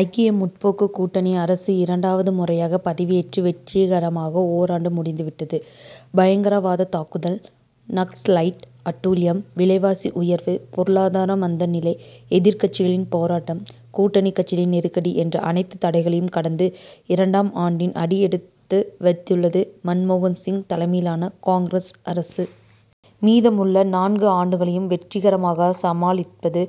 ஐக்கிய முற்போக்கு கூட்டணி அரசு இரண்டாவது முறையாக பதவியேற்று வெற்றிகரமாக ஓராண்டு முடிந்து விட்டது. பயங்கரவாத தாக்குதல், நக்சலைட் அட்டூழியம், விலைவாசி உயர்வு, பொருளாதார மந்த நிலை, எதிர்க்கட்சிகளின் போராட்டம், கூட்டணி கட்சிகளின் நெருக்கடி என்ற அனைத்து தடைகளையும் கடந்து, இரண்டாம் ஆண்டில் அடி எடுத்து வைத்துள்ளது, மன்மோகன் சிங் தலைமையிலான காங்கிரஸ் அரசு. மீதமுள்ள நான்கு ஆண்டுகளையும் வெற்றிகரமாக சமாளிப்பது,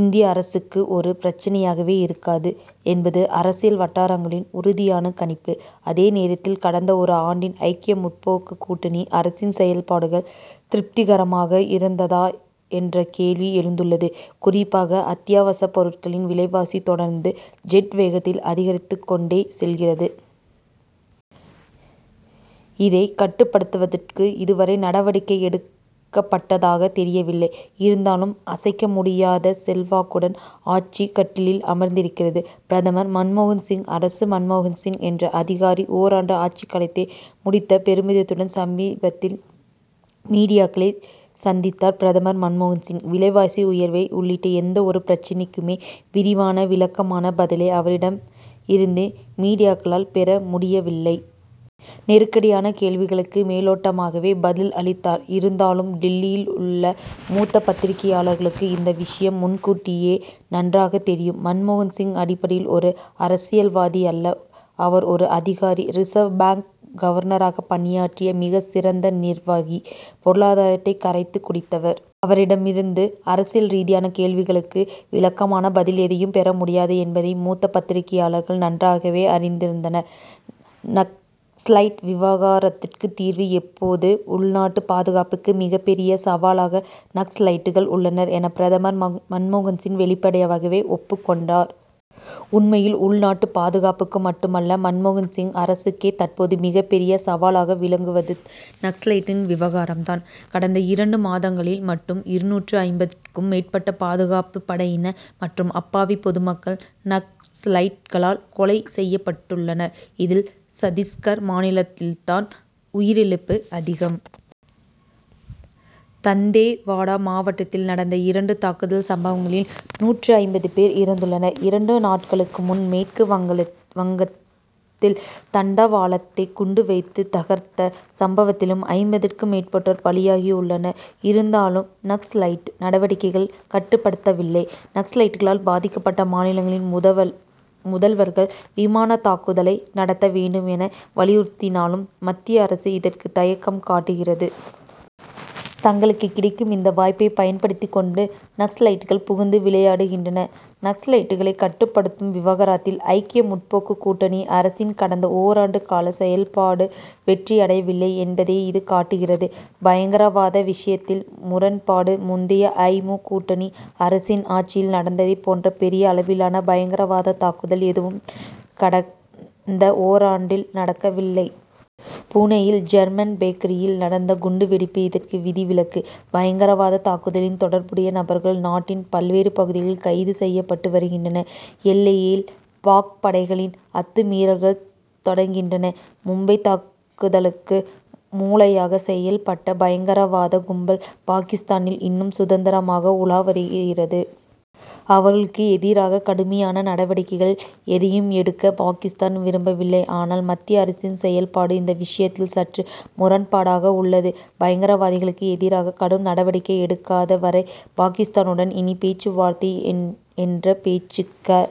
இந்திய அரசுக்கு ஒரு பிரச்னையாகவே இருக்காது என்பது அரசியல் வட்டாரங்களில் உறுதியான கணிப்பு. அதே நேரத்தில், கடந்த ஒரு ஆண்டில் ஐக்கிய முற்போக்கு கூட்டணி அரசின் செயல்பாடுகள் திருப்திகரமாக இருந்ததா என்ற கேள்வி எழுந்துள்ளது. குறிப்பாக, அத்தியாவசியப் பொருட்களின் விலைவாசி தொடர்ந்து ஜெட் வேகத்தில் அதிகரித்துக் கொண்டே செல்கிறது. இதை கட்டுப்படுத்துவதற்கு இதுவரை நடவடிக்கை எடுக்கப்பட்டதாக தெரியவில்லை. இருந்தாலும், அசைக்க முடியாத செல்வாக்குடன் ஆட்சிக் கட்டிலில் அமர்ந்திருக்கிறது பிரதமர் மன்மோகன் சிங் அரசு. மன்மோகன் சிங் என்ற அதிகாரி ஓராண்டு ஆட்சி காலத்தை முடித்த பெருமிதத்துடன் சமீபத்தில் மீடியாக்களை சந்தித்தார், பிரதமர் மன்மோகன் சிங். விலைவாசி உயர்வு உள்ளிட்ட எந்த ஒரு பிரச்னைக்குமே விரிவான, விளக்கமான பதிலை அவரிடம் இருந்து மீடியாக்களால் பெற முடியவில்லை. நெருக்கடியான கேள்விகளுக்கு மேலோட்டமாகவே பதில் அளித்தார். இருந்தாலும், டில்லியில் உள்ள மூத்த பத்திரிகையாளர்களுக்கு இந்த விஷயம் முன் கூட்டியே நன்றாக தெரியும். மன்மோகன் சிங், அடிப்படையில் ஒரு அரசியல்வாதி அல்ல. அவர் ஒரு அதிகாரி. ரிசர்வ் பாங்க் கவர்னராக பணியாற்றிய, மிகச் சிறந்த நிர்வாகி. பொருளாதாரத்தை கரைத்துக் குடித்தவர். அவரிடம் இருந்து அரசியல் ரீதியான கேள்விகளுக்கு விளக்கமான பதில் எதையும் பெற முடியாது என்பதை, மூத்த பத்திரிகையாளர்கள் நன்றாகவே அறிந்திருந்தனர். நக்சலைட் விவகாரத்துக்கு தீர்வு எப்போது? உள்நாட்டு பாதுகாப்புக்கு மிகப் பெரிய சவாலாக நக்சலைட்கள் உள்ளனர்' என, பிரதமர் மன்மோகன் சிங் வெளிப்படையாகவே ஒப்புக் கொண்டார். உண்மையில், உள்நாட்டு பாதுகாப்புக்கு மட்டுமல்ல, மன்மோகன் சிங் அரசுக்கே தற்போது மிகப் பெரிய சவாலாக விளங்குவது நக்சலைட்டின் விவகாரம் தான். கடந்த இரண்டு மாதங்களில் மட்டும் இருநூற்று ஐம்பதுக்கும் மேற்பட்ட பாதுகாப்பு படையினர் மற்றும் அப்பாவி பொதுமக்கள் நக்சலைட்களால் கொலை செய்யப் பட்டுள்ளனர். இதில், சத்திஸ்கர் மாநிலத்தில் தான் உயிரிழப்பு அதிகம். தந்தேவாடா மாவட்டத்தில் நடந்த இரண்டு தாக்குதல் சம்பவங்களில் நூற்று ஐம்பது பேர் இறந்துள்ளனர். இரண்டு நாட்களுக்கு முன் மேற்கு வங்கத்தில் தண்டவாளத்தை குண்டு வைத்து தகர்த்த சம்பவத்திலும் ஐம்பதுக்கும் மேற்பட்டோர் பலியாகியுள்ளனர். இருந்தாலும், நக்சலைட் நடவடிக்கைகள் கட்டுப்படுத்தப்படவில்லை. நக்சலைட்களால் பாதிக்கப்பட்ட மாநிலங்களின் முதல்வர்கள், விமான தாக்குதலை நடத்த வேண்டும் என, வலியுறுத்தினாலும், மத்திய அரசு இதற்கு தயக்கம் காட்டுகிறது. தங்களுக்கு கிடைக்கும் இந்த வாய்ப்பை பயன்படுத்திக் கொண்டு, நக்சலைட்கள் புகுந்து விளையாடுகின்றனர். நக்சலைட்களை கட்டுப்படுத்தும் விவகாரத்தில் ஐக்கிய முற்போக்கு கூட்டணி அரசின் கடந்த ஓராண்டு கால செயல்பாடு வெற்றியடையவில்லை என்பதையே இது காட்டுகிறது. பயங்கரவாத விஷயத்தில் முரண்பாடு: முந்தைய ஐ. மு., கூட்டணி அரசின் ஆட்சியில் நடந்ததை போன்ற பெரிய அளவிலான பயங்கரவாத தாக்குதல் எதுவும் கடந்த ஓராண்டில் நடக்கவில்லை. புனேயில் ஜெர்மன் பேக்கரியில் நடந்த குண்டு வெடிப்பு இதற்கு விதிவிலக்கு. பயங்கரவாத தாக்குதலில் தொடர்புடைய நபர்கள், நாட்டின் பல்வேறு பகுதிகளில் கைது செய்யப்பட்டு வருகின்றனர். எல்லையில் பாக்., படைகளின் அத்துமீறல்கள் தொடர்கின்றன. மும்பை தாக்குதலுக்கு மூளையாக செயல்பட்ட பயங்கரவாத கும்பல், பாகிஸ்தானில் இன்னும் சுதந்திரமாக உலா வருகிறது. அவர்களுக்கு எதிராக கடுமையான நடவடிக்கைகள் எதையும் எடுக்க, பாகிஸ்தான் விரும்பவில்லை. ஆனால், மத்திய அரசின் செயல்பாடு இந்த விஷயத்தில் சற்று முரண்பாடாக உள்ளது. பயங்கரவாதிகளுக்கு எதிராக கடும் நடவடிக்கை எடுக்காத வரை, பாகிஸ்தானுடன் இனி பேச்சுவார்த்தை என்ற பேச்சுக்க